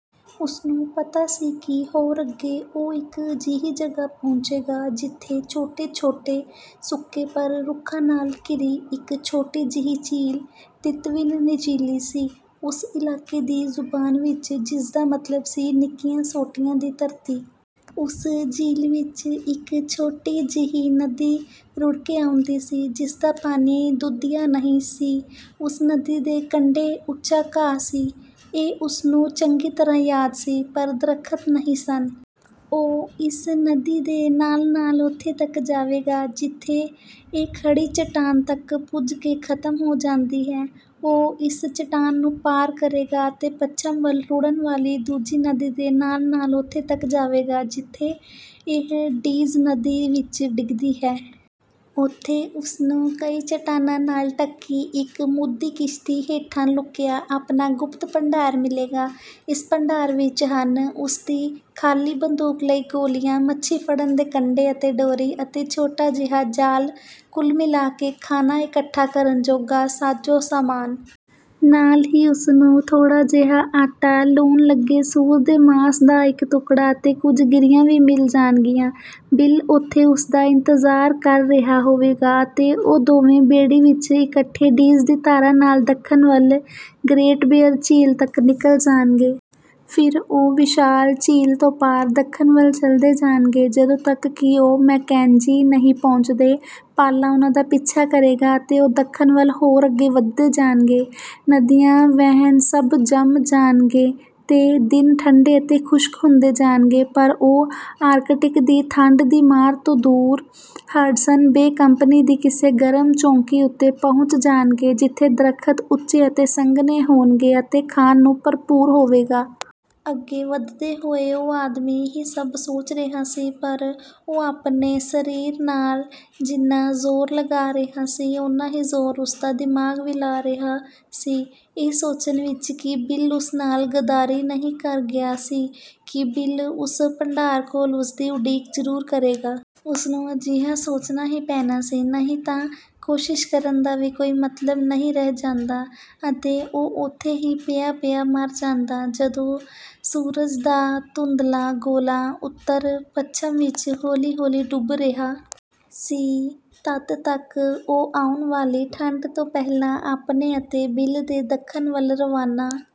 ਉਸਨੂੰ ਪਤਾ ਸੀ ਕਿ ਹੋਰ ਅੱਗੇ ਉਹ ਇੱਕ ਅਜਿਹੀ ਜਗ੍ਹਾ ਪਹੁੰਚੇਗਾ, ਜਿੱਥੇ ਛੋਟੇ-ਛੋਟੇ ਸੁੱਕੇ ਪਰ ਰੁੱਖਾਂ ਨਾਲ਼ ਘਿਰੀ ਇੱਕ ਛੋਟੀ ਜਿਹੀ ਝੀਲ਼ 'ਤੀਤਵਿਨ ਨਿਚੀਲੀ' ਸੀ, ਉਸ ਇਲਾਕੇ ਦੀ ਜ਼ੁਬਾਨ ਵਿੱਚ, ਜਿਸਦਾ ਮਤਲਬ ਸੀ "ਨਿੱਕੀਆਂ ਸੋਟੀਆਂ ਦੀ ਧਰਤੀ।" ਉਸ ਝੀਲ ਵਿੱਚ ਇੱਕ ਛੋਟੀ ਜਿਹੀ ਨਦੀ ਰੁੜ੍ਹਕੇ ਆਉਂਦੀ ਸੀ, ਜਿਸਦਾ ਪਾਣੀ ਦੁਧੀਆ ਨਹੀਂ ਸੀ। ਉਸ ਨਦੀ ਦੇ ਕੰਡੇ ਉੱਚਾ ਘਾਹ ਸੀ — ਇਹ ਉਸਨੂੰ ਚੰਗੀ ਤਰ੍ਹਾਂ ਯਾਦ ਸੀ — ਪਰ ਦਰੱਖ਼ਤ ਨਹੀਂ ਸਨ। ਉਹ ਇਸ ਨਦੀ ਦੇ ਨਾਲ਼-ਨਾਲ਼ ਉੱਥੇ ਤੱਕ ਜਾਵੇਗਾ, ਜਿੱਥੇ ਇਹ ਖੜੀ ਚੱਟਾਨ ਤੱਕ ਪੁੱਜ ਕੇ ਖਤਮ ਹੋ ਜਾਂਦੀ ਹੈ। ਉਹ ਇਸ ਚੱਟਾਨ ਨੂੰ ਪਾਰ ਕਰੇਗਾ ਅਤੇ ਪੱਛਮ ਵੱਲ ਰੁੜ੍ਹਨ ਵਾਲ਼ੀ ਦੂਜੀ ਨਦੀ ਦੇ ਨਾਲ਼-ਨਾਲ਼ ਉੱਥੇ ਤੱਕ ਜਾਵੇਗਾ, ਜਿੱਥੇ ਇਹ 'ਡੀਜ਼ ਨਦੀ' ਵਿੱਚ ਡਿੱਗਦੀ ਹੈ। ਉੱਥੇ ਉਸਨੂੰ ਕਈ ਚੱਟਾਨਾਂ ਨਾਲ਼ ਢਕੀ ਇੱਕ ਮੂਧੀ ਕਿਸ਼ਤੀ ਹੇਠਾਂ ਲੁਕਿਆ ਆਪਣਾ ਗੁਪਤ ਭੰਡਾਰ ਮਿਲ਼ੇਗਾ। ਇਸ ਭੰਡਾਰ ਵਿੱਚ ਹਨ ਉਸਦੀ ਖਾਲੀ ਬੰਦੂਕ ਲਈ ਗੋਲ਼ੀਆਂ, ਮੱਛੀ ਫੜਨ ਦੇ ਕੰਡੇ ਅਤੇ ਡੋਰੀ, ਅਤੇ ਛੋਟਾ ਜਿਹਾ ਜਾਲ਼ – ਕੁੱਲ ਮਿਲ਼ਾ ਕੇ ਖਾਣਾ ਇਕੱਠਾ ਕਰਨ ਜੋਗਾ ਸਾਜੋ-ਸਾਮਾਨ। ਨਾਲ਼ ਹੀ, ਉਸਨੂੰ ਥੋੜ੍ਹਾ ਜਿਹਾ ਆਟਾ, ਲੂਣ ਲੱਗੇ ਸੂਰ ਦੇ ਮਾਸ ਦਾ ਇੱਕ ਟੁਕੜਾ ਅਤੇ ਕੁੱਝ ਗਿਰੀਆਂ ਵੀ ਮਿਲ਼ ਜਾਣਗੀਆਂ। ਬਿਲ ਉੱਥੇ ਉਸਦਾ ਇੰਤਜ਼ਾਰ ਕਰ ਰਿਹਾ ਹੋਵੇਗਾ ਅਤੇ ਉਹ ਦੋਵੇਂ ਬੇੜੀ ਵਿੱਚ ਇਕੱਠੇ ਡੀਜ਼ ਦੀ ਧਾਰਾ ਨਾਲ਼ ਦੱਖਣ ਵੱਲ ਗਰੇਟ ਬੀਅਰ ਝੀਲ ਤੱਕ ਨਿੱਕਲ਼ ਜਾਣਗੇ। ਫਿਰ ਉਹ ਵਿਸ਼ਾਲ ਝੀਲ ਤੋਂ ਪਾਰ, ਦੱਖਣ ਵੱਲ ਚਲਦੇ ਜਾਣਗੇ, ਜਦੋਂ ਤੱਕ ਕਿ ਉਹ ਮੈਕੇਂਜੀ ਨਹੀਂ ਪਹੁੰਚਦੇ। ਪਾਲ਼ਾ ਉਨ੍ਹਾਂ ਦਾ ਪਿੱਛਾ ਕਰੇਗਾ ਅਤੇ ਉਹ ਦੱਖਣ ਵੱਲ ਹੋਰ ਅੱਗੇ ਵਧਦੇ ਜਾਣਗੇ। ਨਦੀਆਂ-ਵਹਿਣ ਸਭ ਜੰਮ ਜਾਣਗੇ ਤੇ ਦਿਨ ਠੰਡੇ ਅਤੇ ਖੁਸ਼ਕ ਹੁੰਦੇ ਜਾਣਗੇ, ਪਰ ਉਹ ਆਰਕਟਿਕ ਦੀ ਠੰਡ ਦੀ ਮਾਰ ਤੋਂ ਦੂਰ, 'ਹਡਸਨ ਬੇ' ਕੰਪਨੀ ਦੀ ਕਿਸੇ ਗਰਮ ਚੌਂਕੀ ਉੱਤੇ ਪਹੁੰਚ ਜਾਣਗੇ, ਜਿੱਥੇ ਦਰੱਖ਼ਤ ਉੱਚੇ ਅਤੇ ਸੰਘਣੇ ਹੋਣਗੇ ਅਤੇ ਖਾਣ ਨੂੰ ਭਰਪੂਰ ਹੋਵੇਗਾ। ਅੱਗੇ ਵਧਦੇ ਹੋਏ ਉਹ ਆਦਮੀ ਇਹੀ ਸਭ ਸੋਚ ਰਿਹਾ ਸੀ। ਪਰ ਉਹ ਆਪਣੇ ਸਰੀਰ ਨਾਲ਼ ਜਿੰਨਾ ਜ਼ੋਰ ਲਗਾ ਰਿਹਾ ਸੀ, ਓਨਾ ਹੀ ਜ਼ੋਰ ਉਸਦਾ ਦਿਮਾਗ਼ ਵੀ ਲਾ ਰਿਹਾ ਸੀ – ਇਹ ਸੋਚਣ ਵਿੱਚ ਕਿ ਬਿਲ ਉਸ ਨਾਲ਼ ਗੱਦਾਰੀ ਨਹੀਂ ਕਰ ਗਿਆ ਸੀ, ਕਿ ਬਿਲ ਉਸ ਭੰਡਾਰ ਕੋਲ਼ ਉਸਦੀ ਉਡੀਕ ਜਰੂਰ ਕਰੇਗਾ। ਉਸਨੂੰ ਅਜਿਹਾ ਸੋਚਣਾ ਹੀ ਪੈਣਾ ਸੀ, ਨਹੀਂ ਤਾਂ ਕੋਸ਼ਿਸ਼ ਕਰਨ ਦਾ ਕੋਈ ਮਤਲਬ ਨਹੀਂ ਰਹਿ ਜਾਂਦਾ ਅਤੇ ਉਹ ਉੱਥੇ ਹੀ ਪਿਆ-ਪਿਆ ਮਰ ਜਾਂਦਾ। ਜਦੋਂ ਸੂਰਜ ਦਾ ਧੁੰਦਲ਼ਾ ਗੋਲ਼ਾ ਉੱਤਰ-ਪੱਛਮ ਵਿੱਚ ਹੌਲ਼ੀ-ਹੌਲ਼ੀ ਡੁੱਬ ਰਿਹਾ ਸੀ, ਤਦ ਤੱਕ ਉਹ ਆਉਣ ਵਾਲ਼ੀ ਠੰਡ ਤੋਂ ਪਹਿਲਾਂ ਆਪਣੇ ਅਤੇ ਬਿਲ ਦੇ ਦੱਖਣ ਵੱਲ ਰਵਾਨਾ